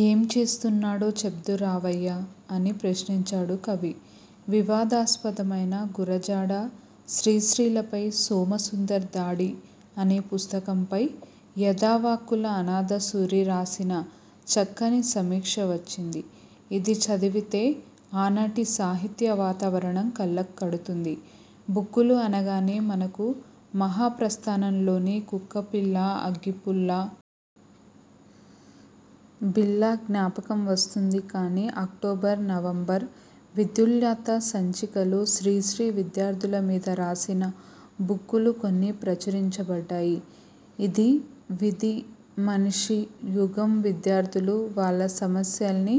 యేం చేస్తున్నాడో చెబ్దూ రావయ్యా'' అని ప్రశ్నించాడు కవి. వివాదాస్పదమైన 'గురజాడ శ్రీశ్రీలపై సోమసుందర్ దాడి' అనే పుస్తకంపై యధావాక్కుల అనాధసూరి రాసిన చక్కని సమీక్ష వచ్చింది. ఇది చదివితే ఆనాటి సాహిత్య వాతావరణం కళ్లకు కడుతుంది. ఋక్కులు అనగానే మనకు 'మహాప్రస్థానం'లోని ''కుక్కపిల్లా/ అగ్గిపుల్లా ్బుబిళ్లా'' జ్ఞాపకం వస్తుంది కాని అక్టోబరు నవంబర్ విద్యుల్లత సంచికలో శ్రీశ్రీ విద్యార్థుల మీద రాసిన ఋక్కులు కొన్ని ప్రచురింపబడ్డాయి: ''ఇది వీధి మనిషి యుగంవిద్యార్థులు వాళ్ల సమస్యల్ని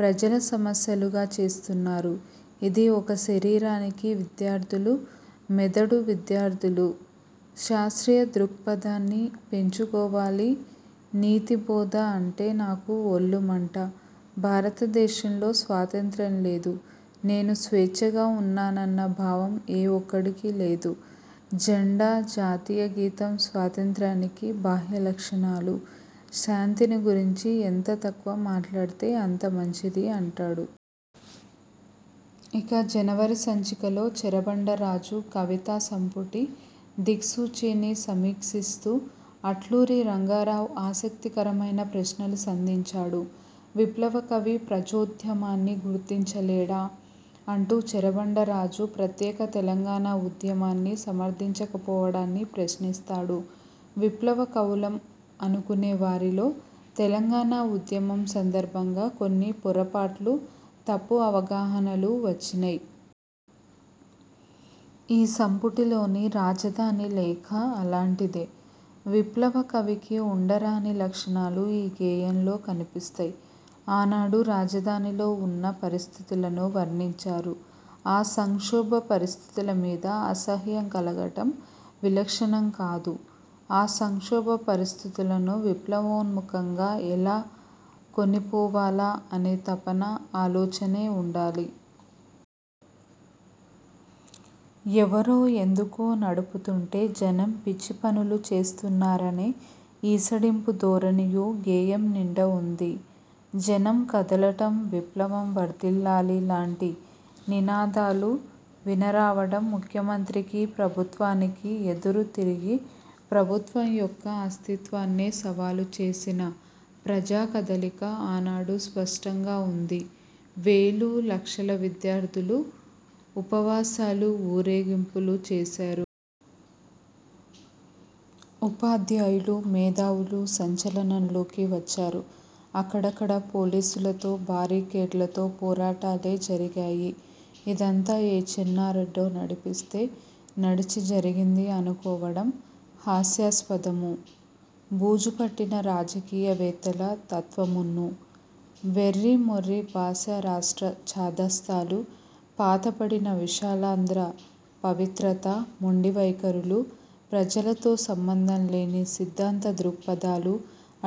ప్రజల సమస్యలుగా చేస్తున్నారు ఇది ఒక శరీరానికి విద్యార్థులు మెదడు విద్యార్థులు శాస్త్రీయ దృక్పథాన్ని పెంచుకోవాలినీతిబోధ అంటే నాకు ఒళ్లు మంటభారతదేశంలో స్వాతంత్య్రం లేదు నేను ేస్వచ్ఛగా ఉన్నానన్న భావం ఏ ఒక్కడికీ లేదుజెండా, జాతీయగీతం స్వాతంత్ర్యానికి బాహ్యలక్షణాలు శాంతిని గురించి ఎంత తక్కువ మాట్లాడితే అంత మంచిది'' అంటాడు. ఇక జనవరి సంచికలో చెరబండరాజు కవితా సంపుటి 'దిక్సూచి'ని సమీక్షిస్తూ అట్లూరి రంగారావు ఆసక్తికరమైన ప్రశ్నలు సంధించాడు. 'విప్లవ కవి ప్రజోద్యమాన్ని గుర్తించలేడా? ' అంటూ చెరబండరాజు ప్రత్యేక తెలంగాణ ఉద్యమాన్ని సమర్థించకపోవటాన్ని ప్రశ్నిస్తాడు. ''విప్లవ కవులం అనుకునే వారిలో తెలంగాణ ఉద్యమం సందర్భంగా కొన్ని పొరపాట్లు తప్పు అవగాహనలూ వచ్చినయ్. ఈ సంపుటిలోని 'రాజధాని లేఖ' అలాంటిదే. విప్లవ కవికి ఉండరాని లక్షణాలు ఈ గేయంలో కనిపిస్తయ్. ఆనాడు రాజధానిలో ఉన్న పరిస్థితులను వర్ణించారు. ఆ సంక్షోభ పరిస్థితుల మీద అసహ్యం కలగటం విలక్షణం కాదు. ఆ సంక్షోభ పరిస్థితులను విప్లవోన్ముఖంగా ఎలా కొనిపోవాలా అనే తపన, ఆలోచనే ఉండాలి. ఎవరో ఎందుకో నడుపుతుంటే జనం పిచ్చిపనులు చేస్తున్నారనే ఈసడింపు ధోరణియూ గేయం నిండా వుంది. జనం కదలటం, విప్లవం వర్థిల్లాలి లాంటి నినాదాలు వినరావటం ముఖ్యమంత్రికీ ప్రభుత్వానికీ ఎదురు తిరిగి ప్రభుత్వం యొక్క అస్తిత్వాన్నే సవాలు చేసిన ప్రజా కదలిక ఆనాడు స్పష్టంగా ఉంది. వేలు, లక్షల విద్యార్థులు ఉపవాసాలు, ఊరేగింపులు చేశారు. ఉపాధ్యాయులు, మేధావులు సంచలనంలోకి వచ్చారు. అక్కడక్కడ పోలీసులతో, బారికేడ్లతో పోరాటాలే జరిగాయిఇదంతా ఏ చెన్నారెడ్డో నడిపిస్తే నడిచి జరిగింది అనుకోవటం హాస్యాస్పదమూ, బూజు పట్టిన రాజకీయ వేత్తల తత్త్వ మున్నూ. వెర్రిమొర్రి భాషారాష్ట్ర ఛాదస్తాలూ, పాతబడిన విశాలాంధ్ర పవిత్రతా మొండి వైఖరులూ, ప్రజలతో సంబంధంలేని సిద్థాంత దృక్పథాలూ,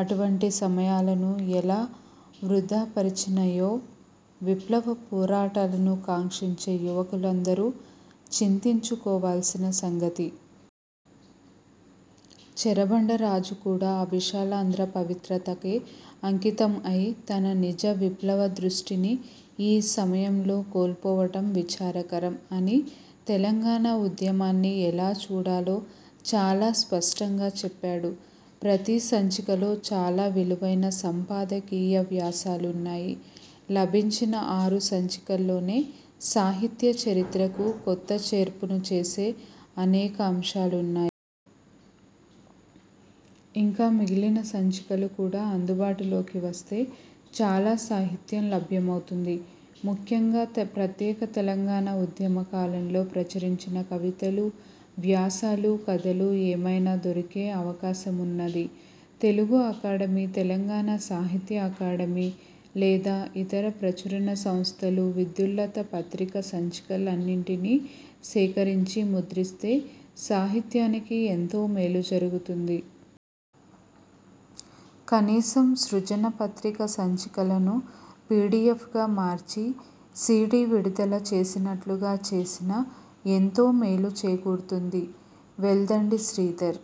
అటువంటి సమయా లను ఎలా వృథాపరిచినయ్యో విప్లవ పోరాటాలను కాంక్షించే యువకులందరూ చింతించుకోవాల్సిన సంగతి. చెరబండరాజు కూడా ఆ విశాలాంధ్ర పవిత్రతకే అంకితం అయి తన నిజ విప్లవ దృష్టిని ఈ సమయంలో కోల్పోవటం విచారకరం'' అని తెలంగాణ ఉద్యమాన్ని ఎలా చూడాలో చాలా స్పష్టంగా చెప్పాడు. ప్రతి సంచికలో చాలా విలువైన సంపాదకీయ వ్యాసాలున్నాయి. లభించిన ఆరు సంచికల్లోనే సాహిత్య చరిత్రకు కొత్త చేర్పును చేసే అనేక అంశాలున్నాయి. ఇంకా మిగిలిన సంచికలు కూడా అందుబాటు లోకి వస్తే చాల సాహిత్యం లభ్యమవుతుంది. ముఖ్యంగా ప్రత్యేక తెలంగాణ ఉద్యమ కాలంలో ప్రచురించిన కవితలు, వ్యాసాలు, కథలు ఏమైనా దొరికే అవకాశమున్నది. తెలుగు అకాడమీ, తెలంగాణ సాహిత్య అకాడమీ లేదా ఇతర ప్రచురణ సంస్థలు విద్యుల్లత పత్రిక సంచికలన్నింటినీ సేకరించి ముద్రిస్తే సాహిత్యానికి ఎంతో మేలు జరుగుతుంది. కనీసం సృజన పత్రిక సంచికలను పిడిఎఫ్గా మార్చి సీడీ విడుదల చేసినట్లుగా చేసినా ఎంతో మేలు చేకూరుతుంది. వెల్దండి శ్రీధర్।